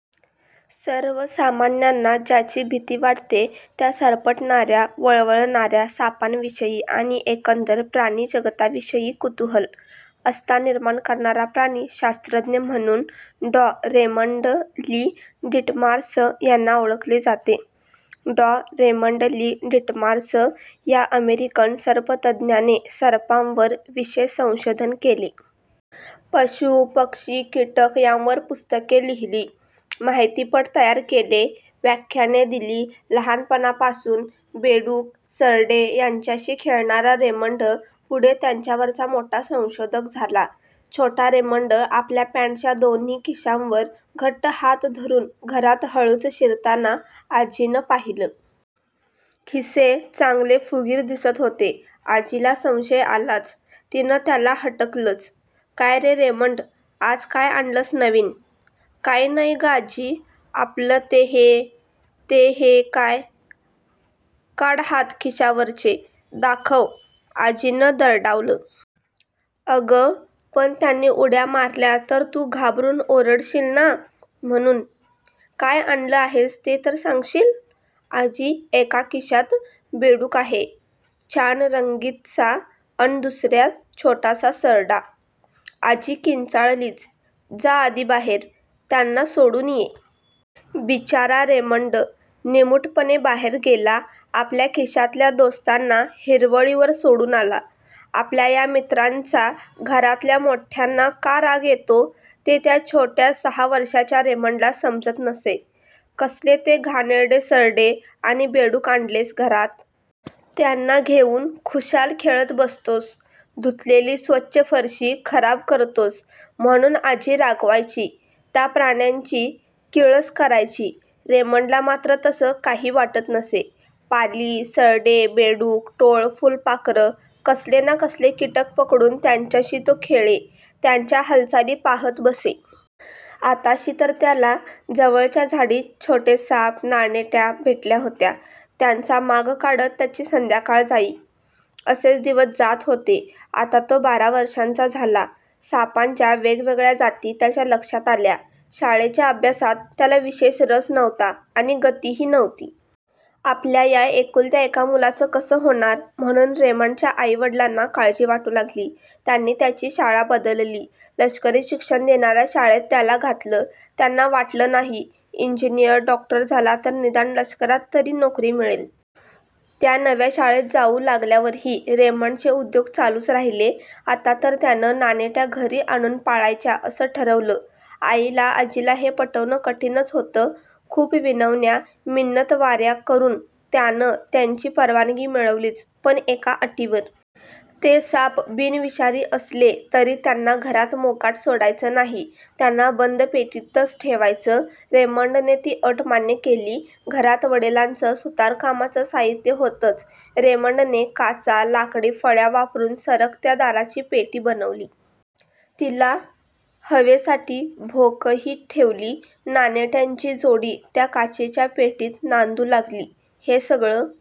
सर्वसामान्यांना ज्याची भीती वाटते त्या सरपटणाऱ्या, वळवळणाऱ्या सापांविषयी आणि एकंदर प्राणी-जगताविषयी कुतूहल, आस्था निर्माण करणारा प्राणी-शास्त्रज्ञ म्हणून डॉ. Raymond Lee. डिटमार्स यांना ओळखले जाते. डॉ. Raymond Lee. डिटमार्स या अमेरिकन सर्पतज्ज्ञाने सर्पांवर विशेष संशोधन केले. पशू-पक्षी-कीटक यांवर विविध पुस्तके लिहिली. माहितीपट तयार केले. व्याख्याने दिली. लहानपणापासून बेडूक, सरडे यांच्याशी खेळणारा रेमण्ड पुढे त्यांच्यावरचा मोठा संशोधक झाला. छोटा रेमण्ड आपल्या पँटच्या दोन्ही खिशांवर घट्ट हात धरून घरात हळूच शिरताना आजीनं पाहिलं. खिसे चांगले फुगीर दिसत होते. आजीला संशय आलाच. तिनं त्याला हटकलंच, 'काय रे रेमण्ड, आज काय आणलंयस नवीन?' 'काही नाही गं आजी... आपलं ते हे...' 'ते हे काय?... काढ हात खिशांवरचे, दाखव,' आजीनं दरडावलं. 'अगं पण त्यांनी उड्या मारल्या तर तू घाबरून ओरडशील ना? म्हणून.' 'काय आणलं आहेस ते तर सांगशील!' 'आजी, एका खिशात बेडूक आहे... छान रंगीतसा अन् दुसऱ्यात छोटा सरडा...' '?' आजी किंचाळलीच. 'जा आधी घराबाहेर- त्यांना सोडून ये.' बिचारा रेमण्ड! निमूटपणे बाहेर गेला. आपल्या खिशातल्या दोस्तांना हिरवळीवर सोडून आला. आपल्या या मित्रांचा घरातल्या मोठ्यांना का राग येतो ते त्या छोट्या सहा वर्षांच्या रेमण्डला समजत नसे. 'कसले ते घाणेरडे सरडे आणि बेडूक आणलेस घरात. त्यांना घेऊन खुशाल खेळत बसतोस... धुतलेली स्वच्छ फरशी खराब करतोस.' म्हणून आजी रागवायची. त्या प्राण्यांची किळस करायची. रेमण्डला मात्र तसं काही वाटत नसे. पाली-सरडे-बेडूक-टोळ-फुलपाखरं-कसले ना कसले कीटक पकडून त्यांच्याशी तो खेळे. त्यांच्या हालचाली पाहात बसे. आताशी तर त्याला जवळच्या झाडीत छोटे साप, नानेट्या भेटल्या होत्या. त्यांचा माग काढण्यात त्याची संध्याकाळ जाई. असेच दिवस जात होते. आता तो बारा वर्षांचा झाला. सापांच्या वेगवेगळ्या जाती त्याच्या लक्षात आल्या. शाळेच्या अभ्यासात त्याला विशेष रस नव्हता आणि गतीही नव्हती. आपल्या या एकुलत्या एका मुलाचं कसं होणार म्हणून रेमण्डच्या आई-वडिलांना काळजी वाटू लागली. त्यांनी त्याची शाळा बदलली. लष्करी शिक्षण देणाऱ्या शाळेत त्याला घातलं. त्यांना वाटलं नाही इंजिनिअर, डॉक्टर झाला तर निदान लष्करात तरी नोकरी मिळेल. त्या नव्या शाळेत जाऊ लागल्यावरही रेमण्डचे उद्योग चालूच राहिले. आता तर त्यानं नानेट्या घरी आणून पाळायच्या असं ठरवलं. आईला, आजीला हे पटवणं कठीणच होतं. खूप विनवण्या, मिन्नतवाऱ्या करून त्यानं त्यांची परवानगी मिळवलीच. पण एका अटीवर. ते साप बिनविषारी असले तरी त्यांना घरात मोकाट सोडायचं नाही. त्यांना बंद पेटीतच ठेवायचं. रेमण्डने ती अट मान्य केली. घरात वडिलांचं सुतारकामाचं साहित्य होतंच. रेमण्डने काचा, लाकडी फळ्या वापरून सरकत्या दाराची पेटी बनवली. तिला हवेसाठी भोकंही ठेवली. नानेट्यांची जोडी त्या काचेच्या पेटीत नांदू लागली. हे सगळं